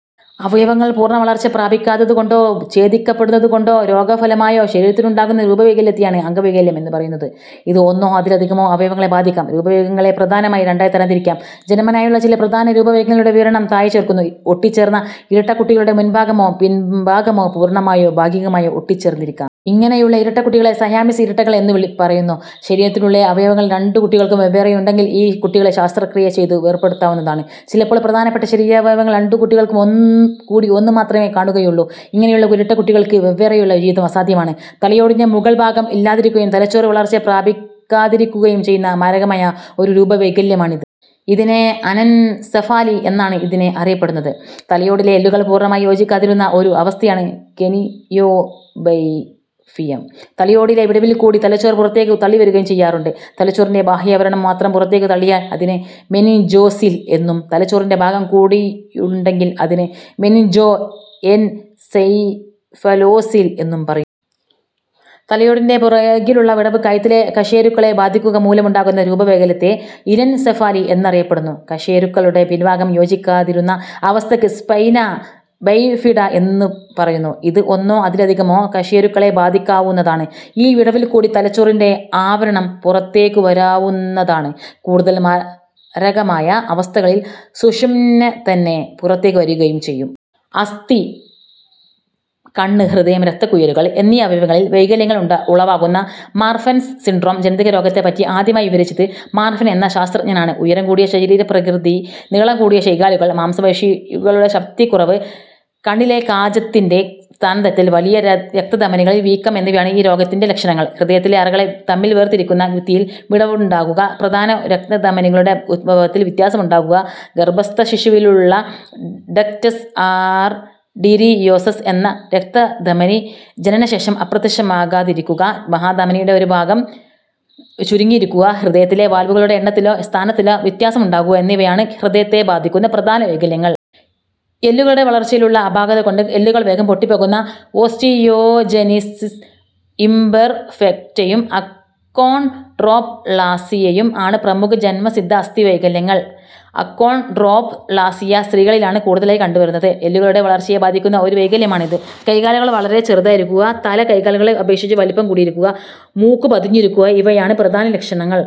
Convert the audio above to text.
അവയവങ്ങൾ പൂർണവളർച്ച പ്രാപിക്കാത്തതുകൊണ്ടോ ഛേദിക്കപ്പെടുന്നതുകൊണ്ടോ രോഗഫലമായോ ശരീരത്തിനുണ്ടാകുന്ന രൂപവൈകല്യത്തെയാണ് അംഗവൈകല്യം എന്നു് പറയുന്നത്. ഇത് ഒന്നോ അതിലധികമോ അവയവങ്ങളെ ബാധിക്കാം. രൂപവൈകല്യങ്ങളെ പ്രധാനമായി രണ്ടായി തരംതിരിക്കാം. ജൻമനായുള്ള ചില പ്രധാന രൂപവൈകല്യങ്ങളുടെ വിവരണം താഴെ ചേർക്കുന്നു. ഒട്ടിച്ചേർന്ന ഇരട്ടകുട്ടികളുടെ മുൻഭാഗമോ പിൻഭാഗമോ പൂർണമായോ ഭാഗികമായോ ഒട്ടിച്ചേർന്നിരിക്കാം. ഇങ്ങനെയുള്ള ഇരട്ടകുട്ടികളെ സയാമീസ് ഇരട്ടകൾ എന്നു പറയുന്നു. ശരീരത്തിനുള്ളിലെ അവയവങ്ങൾ രണ്ടു കുട്ടികൾക്കും വെവ്വേറെയുണ്ടെങ്കിൽ ഈ കുട്ടികളെ ശസ്ത്രക്രിയ ചെയ്തു വേർപെടുത്താവുന്നതാണ്. ചിലപ്പോൾ പ്രധാനപ്പെട്ട ശരീരാവയവങ്ങൾ രണ്ടു കുട്ടികൾക്കുംകൂടി ഒന്നുമാത്രമേ കാണുകയുള്ളു. ഇങ്ങനെയുള്ള ഇരട്ടക്കുട്ടികൾക്ക് വെവ്വേറെയുള്ള ജീവിതം അസാധ്യമാണ്. തലയോടിന്റെ മുകൾഭാഗം ഇല്ലാതിരിക്കുകയും തലച്ചോറ് വളർച്ച പ്രാപിക്കാതിരിക്കുകയും ചെയ്യുന്ന മാരകമായ ഒരു രൂപവൈകല്യമാണിത്. ഇതിനെ അനെൻസെഫാലി എന്നാണ് ഇതിനെ അറിയപ്പെടുന്നത്. തലയോടിലെ എല്ലുകൾ പൂർണമായി യോജിക്കാതിരിക്കുന്ന ഒരു അവസ്ഥയക്കാണ് ക്രേനിയോബൈഫിയം. തലയോടിലെ വിടവിൽ കൂടെ തലച്ചോറ് പുറത്തേക്ക് തള്ളിവരികയും ചെയ്യാറുണ്ട്. തലച്ചോറിന്റെ ബാഹ്യാവരണം മാത്രം പുറത്തേക്കു തള്ളിയാൽ അതിന് മെനിൻജോസീൽ എന്നും, തലച്ചോറിന്റെ ഭാഗം കൂടിയുണ്ടെങ്കിൽ അതിന് മെനിൻജോഎൻസെഫലോസീൽ എന്നും പറയുന്നു. തലയോടിന്റെ പുറകിലുള്ള വിടവ് കഴുത്തിലെ കശേരുക്കളെ ബാധിക്കുക മൂലമുണ്ടാകുന്ന രൂപവൈകല്യത്തെ ഇനെൻസെഫാലി എന്നറിയപ്പെടുന്നു. കശേരുക്കളുടെ പിൻഭാഗം യോജിക്കാതിരിക്കുന്ന അവസ്ഥയ്ക്ക് സ്പൈനാ ബൈഫിഡാ എന്നു പറയുന്നു. ഇത് ഒന്നോ അതിലധികമോ കശേരുക്കളെ ബാധിക്കാവുന്നതാണ്. ഈ വിടവിൽക്കൂടി തലച്ചോറിന്റെ ആവരണം പുറത്തേക്കുവരാവുന്നതാണ്. കൂടുതൽ മാരകമായ അവസ്ഥകളിൽ സുഷ്മ്നെതന്നെ പുറത്തേക്ക് വരികയും ചെയ്യും. അസ്ഥി, കണ്ണ്, ഹൃദയം, രക്തക്കുഴലുകൾ എന്നീ അവയവങ്ങളിൽ വൈകല്യങ്ങൾ ഉളവാക്കുന്ന മാർഫൻസ് സിൻഡ്രോം ജനിതകരോഗത്തെപറ്റി ആദ്യമായി വിവരിച്ചത് മാർഫൻ എന്ന ശാസ്ത്രജ്ഞനാണ്. ഉയരംകൂടിയ ശരീരപ്രകൃതി, നീളംകൂടിയ കൈകാലുകൾ, മാംസപേശികളുടെ ശക്തിക്കുറവ്, കണ്ണിലെ കാചത്തിന്റെ സ്ഥാനംതെറ്റൽ, വലിയ രക്തധമനികളിൽ വീക്കം ഇവയാണ് ഈ രോഗത്തിന്റെ ലക്ഷണങ്ങൾ. ഹൃദയത്തിലെ അറകളെ തമ്മിൽ വേർതിരിക്കുന്ന ഭിത്തിയിൽ വിടവുണ്ടാകുക, പ്രധാന രക്തധമനികളുടെ ഉദ്ഭവത്തിൽ വ്യത്യാസമുണ്ടാകുക, ഗർഭസ്ഥശിശുവിലുള്ള ഡക്റ്റസ് ആർടീരിയോസസ് എന്ന രക്തധമനി ജനനശേഷം അപ്രത്യക്ഷമാകാതിരിക്കുക, മഹാധമനിയുടെ ഒരു ഭാഗം ചുരുങ്ങിയിരിക്കുക, ഹൃദയത്തിലെ വാൽവുകളുടെ എണ്ണത്തിലോ സ്ഥാനത്തിനോ വ്യത്യാസമുണ്ടാകുക എന്നിവയാണ് ഹൃദയത്തെ ബാധിക്കുന്ന പ്രധാന വൈകല്യങ്ങൾ. എല്ലുകളുടെ വളർച്ചയിലുള്ള അപാകതകൊണ്ട് എല്ലുകൾ വേഗം പൊട്ടിപ്പോകുന്ന ഓസ്റ്റിയോജെനിസിസ് ഇംപെർഫെക്റ്റയും അക്കോൺഡ്രോപ്ളാസിയയും ആണ് പ്രമുഖ ജന്മസിദ്ധ അസ്ഥിവൈകല്യങ്ങൾ. അക്കോൺഡ്രോപ്ളാസിയ സ്ത്രീകളിലാണ് കൂടുതലായി കണ്ടുവരുന്നത്. എല്ലുകളുടെ വളർച്ചയെ ബാധിക്കുന്ന ഒരു വൈകല്യമാണ് ഇത്. കൈകാലുകൾ വളരെ ചെറുതായിരിക്കുക, തല കൈകാലുകളെ അപേക്ഷിച്ചു വലിപ്പം കൂടിയിരിക്കുക, മൂക്കു പതിഞ്ഞിരിക്കുക ഇവയാണ് പ്രധാന ലക്ഷണങ്ങൾ.